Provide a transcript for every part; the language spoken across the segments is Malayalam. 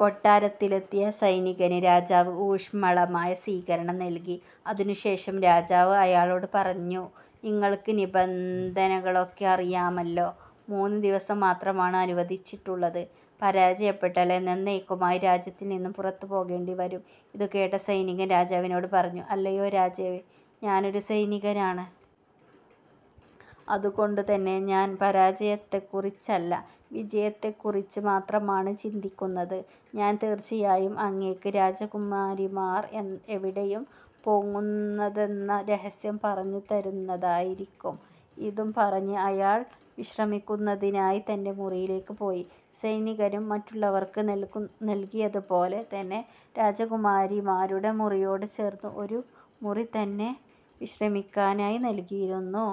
കൊട്ടാരത്തിലെത്തിയ സൈനികന് രാജാവ് ഊഷ്മളമായ സ്വീകരണം നൽകി. അതിനു ശേഷം രാജാവ് അയാളോട് പറഞ്ഞു. "നിങ്ങൾക്ക് നിബന്ധനകളൊക്കെ അറിയാമല്ലോ. മൂന്ന് ദിവസം മാത്രമാണ് അനുവദിച്ചിട്ടുള്ളത്. പരാജയപ്പെട്ടാൽ എന്നെന്നേക്കുമായി രാജ്യത്തു നിന്നു പുറത്തു പോകേണ്ടിവരും. " ഇതുകേട്ട സൈനികൻ രാജാവിനോട് പറഞ്ഞു "അല്ലയോ രാജാവേ, ഞാനൊരു സൈനികനാണ്. അതുകൊണ്ടു തന്നെ ഞാൻ പരാജയത്തെക്കുറിച്ചല്ല വിജയത്തെക്കുറിച്ച് മാത്രമാണ് ചിന്തിക്കുന്നത്. ഞാൻ തീർച്ചയായും അങ്ങേയ്ക്ക് രാജകുമാരിമാർ എവിടെയാണ് പോകുന്നതെന്ന രഹസ്യം പറഞ്ഞു തരുന്നതായിരിക്കും. " ഇതും പറഞ്ഞ് അയാൾ വിശ്രമിക്കുന്നതിനായി തൻ്റെ മുറിയിലേക്ക് പോയി. സൈനികനും മറ്റുള്ളവർക്ക് നൽകിയതു പോലെ തന്നെ രാജകുമാരിമാരുടെ മുറിയോട് ചേർന്നുള്ള മുറി തന്നെ വിശ്രമിക്കാനായി നൽകിയിരുന്നു.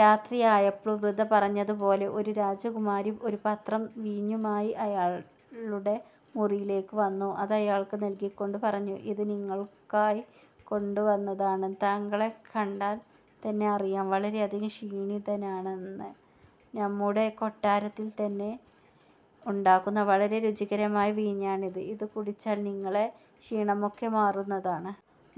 രാത്രിയായപ്പോൾ വൃദ്ധ പറഞ്ഞതുപോലെ ഒരു രാജകുമാരി ഒരു പാത്രം വീഞ്ഞുമായി അയാളുടെ മുറിയിലേക്ക് വന്നു. അതയാൾക്ക് നൽകിക്കൊണ്ട് പറഞ്ഞു. "ഇത് നിങ്ങൾക്കായി കൊണ്ടുവന്നതാണ്. താങ്കളെ കണ്ടാൽ തന്നെ അറിയാം വളരെയധികം ക്ഷീണിതനാണെന്ന്. നമ്മുടെ കൊട്ടാരത്തിൽ തന്നെ ഉണ്ടാക്കുന്ന വളരെ രുചികരമായ വീഞ്ഞാണിത്. ഇതു കുടിച്ചാൽ നിങ്ങളുടെ ക്ഷീണമൊക്കെ മാറുന്നതാണ്.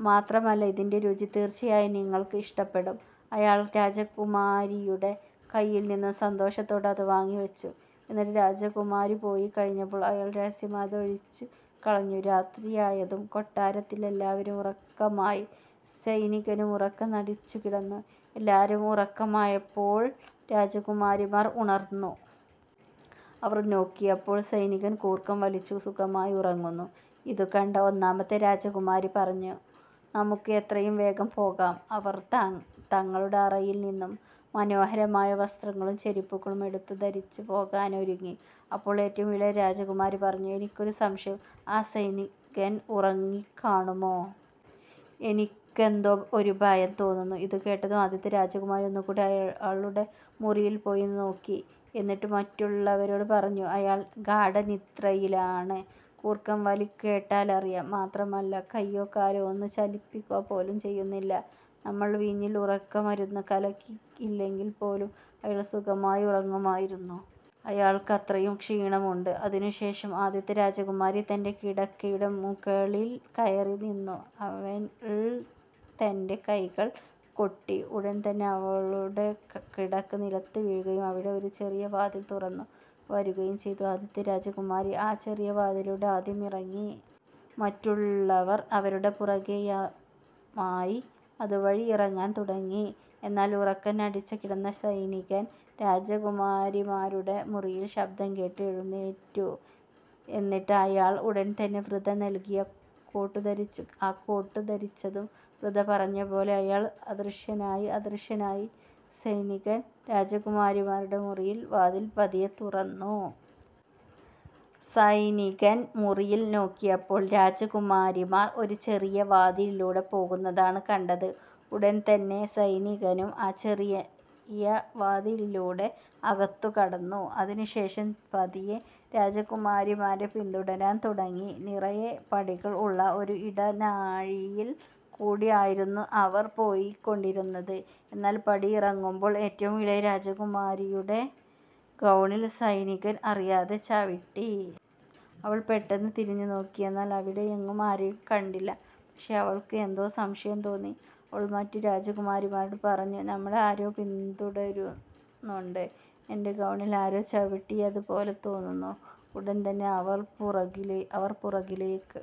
മാത്രമല്ല ഇതിൻ്റെ രുചി തീർച്ചയായും നിങ്ങൾക്ക് ഇഷ്ടപ്പെടും. " അയാൾ രാജകുമാരിയുടെ കയ്യിൽനിന്നും സന്തോഷത്തോടെ അത് വാങ്ങി വച്ചു. എന്നിട്ട് രാജകുമാരി പോയി കഴിഞ്ഞപ്പോൾ അയാൾ രഹസ്യമായി അതൊഴിച്ചു കളഞ്ഞു. രാത്രിയായതും കൊട്ടാരത്തിൽ എല്ലാവരും ഉറക്കമായി. സൈനികനും ഉറക്കം നടിച്ചു കിടന്നു. എല്ലാവരും ഉറക്കമായപ്പോൾ രാജകുമാരിമാർ ഉണർന്നു. അവർ നോക്കിയപ്പോൾ സൈനികൻ കൂർക്കം വലിച്ചു സുഖമായി ഉറങ്ങുന്നു. ഇതുകണ്ട ഒന്നാമത്തെ രാജകുമാരി പറഞ്ഞു നമുക്ക് എത്രയും വേഗം പോകാം. അവർ തങ്ങളുടെ അറയിൽ നിന്നും മനോഹരമായ വസ്ത്രങ്ങളും ചെരിപ്പുകളും എടുത്തു ധരിച്ച് പോകാനൊരുങ്ങി. അപ്പോൾ ഏറ്റവും ഇളയ രാജകുമാരി പറഞ്ഞു "എനിക്കൊരു സംശയം ആ സൈനികൻ ഉറങ്ങിക്കാണുമോ? എനിക്കെന്തോ ഒരു ഭയം തോന്നുന്നു. " ഇതുകേട്ടതും ആദ്യത്തെ രാജകുമാരി ഒന്നുകൂടി അയാളുടെ മുറിയിൽ പോയി നോക്കി. എന്നിട്ടു മറ്റുള്ളവരോട് പറഞ്ഞു "അയാൾ ഗാഢനിദ്രയിലാണ്. കൂർക്കംവലി കേട്ടാലറിയാം. മാത്രമല്ല കയ്യോ കാലോ ഒന്ന് ചലിപ്പിക്കുക പോലും ചെയ്യുന്നില്ല. നമ്മൾ വീഞ്ഞിൽ ഉറക്കമരുന്നു കലക്കിയില്ലെങ്കിൽ പോലും അയാൾ സുഖമായി ഉറങ്ങുമായിരുന്നു. അയാൾക്ക് അത്രയും ക്ഷീണമുണ്ട്. " അതിനുശേഷം ആദ്യത്തെ രാജകുമാരി തൻ്റെ കിടക്കയുടെ മുകളിൽ കയറി നിന്നു. അവൾ തൻ്റെ കൈകൾ കൊട്ടി. ഉടൻതന്നെ അവളുടെ കിടക്ക നിലത്തു വീഴുകയും അവിടെ ഒരു ചെറിയ വാതിൽ തുറന്നു വരുകയും ചെയ്തു. ആദ്യത്തെ രാജകുമാരി ആ ചെറിയ വാതിലൂടെ ആദ്യം ഇറങ്ങി. മറ്റുള്ളവർ അവരുടെ പുറകെയുമായി അതു വഴി ഇറങ്ങാൻ തുടങ്ങി. എന്നാൽ ഉറക്കം നടിച്ചു കിടന്ന സൈനികൻ രാജകുമാരിമാരുടെ മുറിയിലെ ശബ്ദം കേട്ട് എഴുന്നേറ്റു. എന്നിട്ട് അയാൾ ഉടൻതന്നെ വൃദ്ധ നൽകിയ കോട്ടു ധരിച്ചു. ആ കോട്ട് ധരിച്ചതും വൃദ്ധ പറഞ്ഞതുപോലെ അയാൾ അദൃശനായി. അദൃശനായ സൈനികൻ രാജകുമാരിമാരുടെ മുറിയുടെ വാതിൽ പതിയെ തുറന്നു. സൈനികൻ മുറിയിൽ നോക്കിയപ്പോൾ രാജകുമാരിമാർ ഒരു ചെറിയ വാതിലൂടെ പോകുന്നതാണ് കണ്ടത്. ഉടൻതന്നെ സൈനികനും ആ ചെറിയ വാതിലിലൂടെ അകത്തു കടന്നു. അതിനു ശേഷം പതിയെ രാജകുമാരിമാരെ പിന്തുടരാൻ തുടങ്ങി. നിറയെ പടികൾ ഉള്ള ഒരു ഇടനാഴിയിൽകൂടി ആയിരുന്നു അവർ പോയികൊണ്ടിരുന്നത്. എന്നാൽ പടിയിറങ്ങുമ്പോൾ ഏറ്റവും ഇളയ രാജകുമാരിയുടെ ഗൗണിൽ സൈനികൻ അറിയാതെ ചവിട്ടി. അവൾ പെട്ടെന്ന് തിരിഞ്ഞുനോക്കി. എന്നാൽ അവിടെയെങ്ങും ആരെയും കണ്ടില്ല. പക്ഷേ അവൾക്ക് എന്തോ സംശയം തോന്നി. അവൾ മറ്റു രാജകുമാരിമാരോട് പറഞ്ഞു "നമ്മളെ ആരോ പിന്തുടരുന്നുണ്ട്. എൻ്റെ ഗൗണിൽ ആരോ ചവിട്ടിയതു പോലെ തോന്നുന്നു. " ഉടൻ തന്നെ അവർ പുറകിലേക്ക്